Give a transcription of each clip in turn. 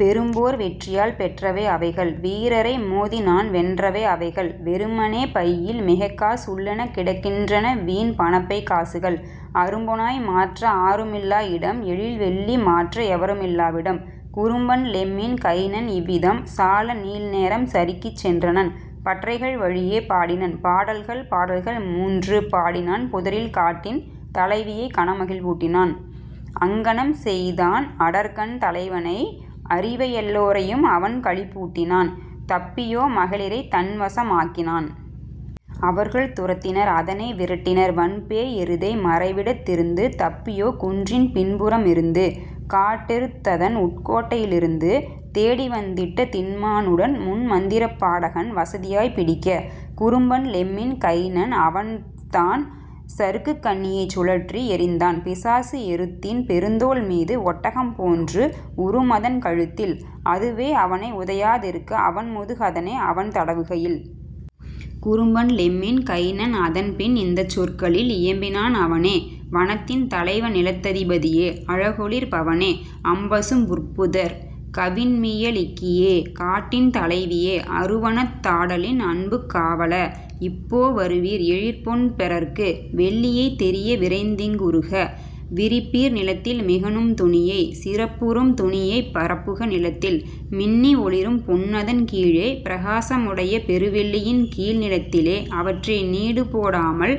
பெரும்போர் வெற்றியால் பெற்றவை அவைகள் வீரரை மோதிநான் வென்றவை அவைகள்; வெறுமனே பையில் மிகக்கா சுள்ளன கிடக்கின் றனவீண் பணப்பைக் காசுகள் அரும்பொனாய் மாற்ற ஆருமில் லாஇடம் எழில்வெள்ளி மாற்ற எவருமில் லாவிடம். " குறும்பன் லெம்மின் கைனன் இவ்விதம் சாலநீள் நேரம் சறுக்கிச் சென்றனன் பற்றைகள் வழியே பாடினன் பாடல்கள் பாடல்கள் மூன்று பாடினான் புதரில் காட்டின் தலைவியை கனமகிழ் வூட்டினான் அங்ஙனம் செய்தான் அடர்கான் தலைவனை அரிவையெல் லோரையும் அவன்களிப் பூட்டினான் தப்பியோ மகளிரைத் தன்வச மாக்கினான். அவர்கள் துரத்தினர் அதனை விரட்டினர் வன்பேய் எருதை மறைவிடத் திருந்து தப்பியோ குன்றின் பின்புற மிருந்து காட்டெருத் ததன்உட் கோட்டையி லிருந்து தேடிவந் திட்ட திண்மா னுடன்முன் மந்திரப் பாடகன் வசதியாய்ப் பிடிக்க. குறும்பன் லெம்மின் கைனன் அவன்தான் சருக்குக் கண்ணியைச் சுழற்றி எறிந்தான் பிசாச எருத்தின் பெருந்தோள் மீது ஒட்டகம் போன்று உறும்அதன் கழுத்தில் அதுவே அவனை உதையா திருக்க அதன்முது கதனை அவன்தட வுகையில். குறும்பன் லெம்மின் கைனன் அதன்பின் இந்தச் சொற்களில் இயம்பினான் அவனே: "வனத்தின் தலைவ, நிலத்ததி பதியே! அழகொளிர் பவனே அம்பசும் புற்புதர்! கவின்மிய லிக்கியே, காட்டின் தலைவியே! அருவனத் தாடலின் அன்புக் காவல! இப்போ வருவீர், எழிற்பொன் பெறற்கு! வெள்ளியைத் தெரிய விரைந்திங் குறுக விரிப்பீர் நிலத்தில் மிகநும் துணியை சிறப்புறும் துணியைப் பரப்புக நிலத்தில் மின்னி ஒளிரும் பொன்னதன் கீழே பிரகாச முடைய பெருவெள் ளியின்கீழ் நிலத்திலே அவற்றை நீடுபோ டாமல்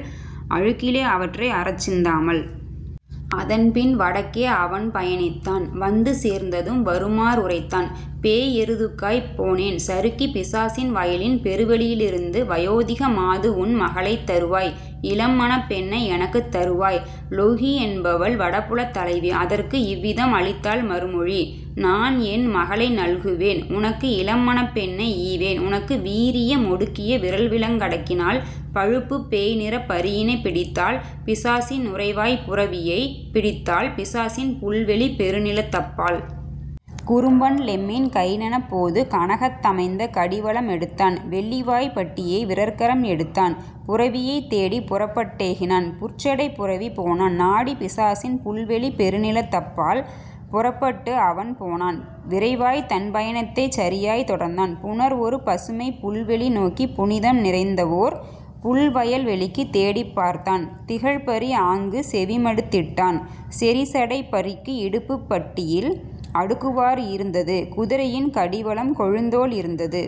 அழுக்கிலே அவற்றை அறச் சிந்தாமல். " அதன்பின் வடக்கே அவன்பய ணித்தான் வந்து சேர்ந்ததும் வருமா றுரைத்தான்: "பேய்எரு துக்காய்ப் போனேன் சறுக்கி பிசாசின் வயலின் பெருவெளி யிருந்து வயோதிப மாதுஉன் மகளைத் தருவாய் இளம்மணப் பெண்ணை எனக்குத் தருவாய்! " லொவ்ஹி என்பவள் வடபுலத் தலைவி அதற்கு இவ்விதம் அளித்தாள் மறுமொழி: "நான்என் மகளை நல்குவேன் உனக்கு இளம்மணப் பெண்ணை ஈவேன் உனக்கு வீரிய மொடுக்கிய விறல்விலங் கடக்கினால் பழுப்புப் பேய்நிறப் பரியினைப் பிடித்தால் பிசாசின் நுரைவாய்ப் புரவியைப் பிடித்தால் பிசாசின் புல்வெளிப் பெருநிலத் தப்பால். " குறும்பன் லெம்மின் கைனனப் போது கனகத் தமைந்த கடிவள மெடுத்தான் வெள்ளிவாய்ப் பட்டியை விறற்கரம் எடுத்தான் புரவியைத் தேடிப் புறப்பட் டேகினான் புற்சடைப் புரவி போனான் நாடி பிசாசின் புல்வெளிப் பெருநிலத் தப்பால். புறப்பட் டுஅவன் போனான் விரைவாய் தன்பய ணத்தைச் சரியாய்த் தொடர்ந்தான் புணர்ஒரு பசுமைப் புல்வெளி நோக்கி புனிதம் நிறைந்தவோர் புல்வயல் வெளிக்கு தேடிப் பார்த்தான் திகழ்பரி ஆங்கு செவிமடுத் திட்டான் செறிசடைப் பரிக்கு இடுப்புப் பட்டியில் அடக்குவார் இருந்தது குதிரையின் கடிவளம் கொழுந்தோள் இருந்தது.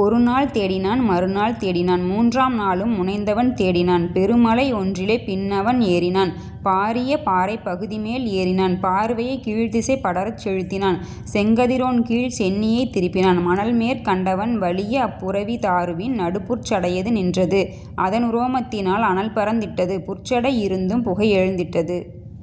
ஒருநாள் தேடினான் மறுநாள் தேடினான் மூன்றாம் நாளும் முனைந்தவன் தேடினான் பெருமலை ஒன்றிலே பின்அவன் ஏறினான் பாரிய பாறைப் பகுதிமேல் ஏறினான் பார்வையைக் கீழ்த்திசை படரச் செலுத்தினான் செங்கதி ரோன்கீழ் சென்னியைத் திருப்பினான் மணல்மேற் கண்டவன் வலியஅப் புரவி தாருவின் நடுபுற் சடையது நின்றது அதன்உரோ மத்தினால் அனல்பறந் திட்டது புற்சடை யிருந்திரும் புகைஎழுந் திட்டது.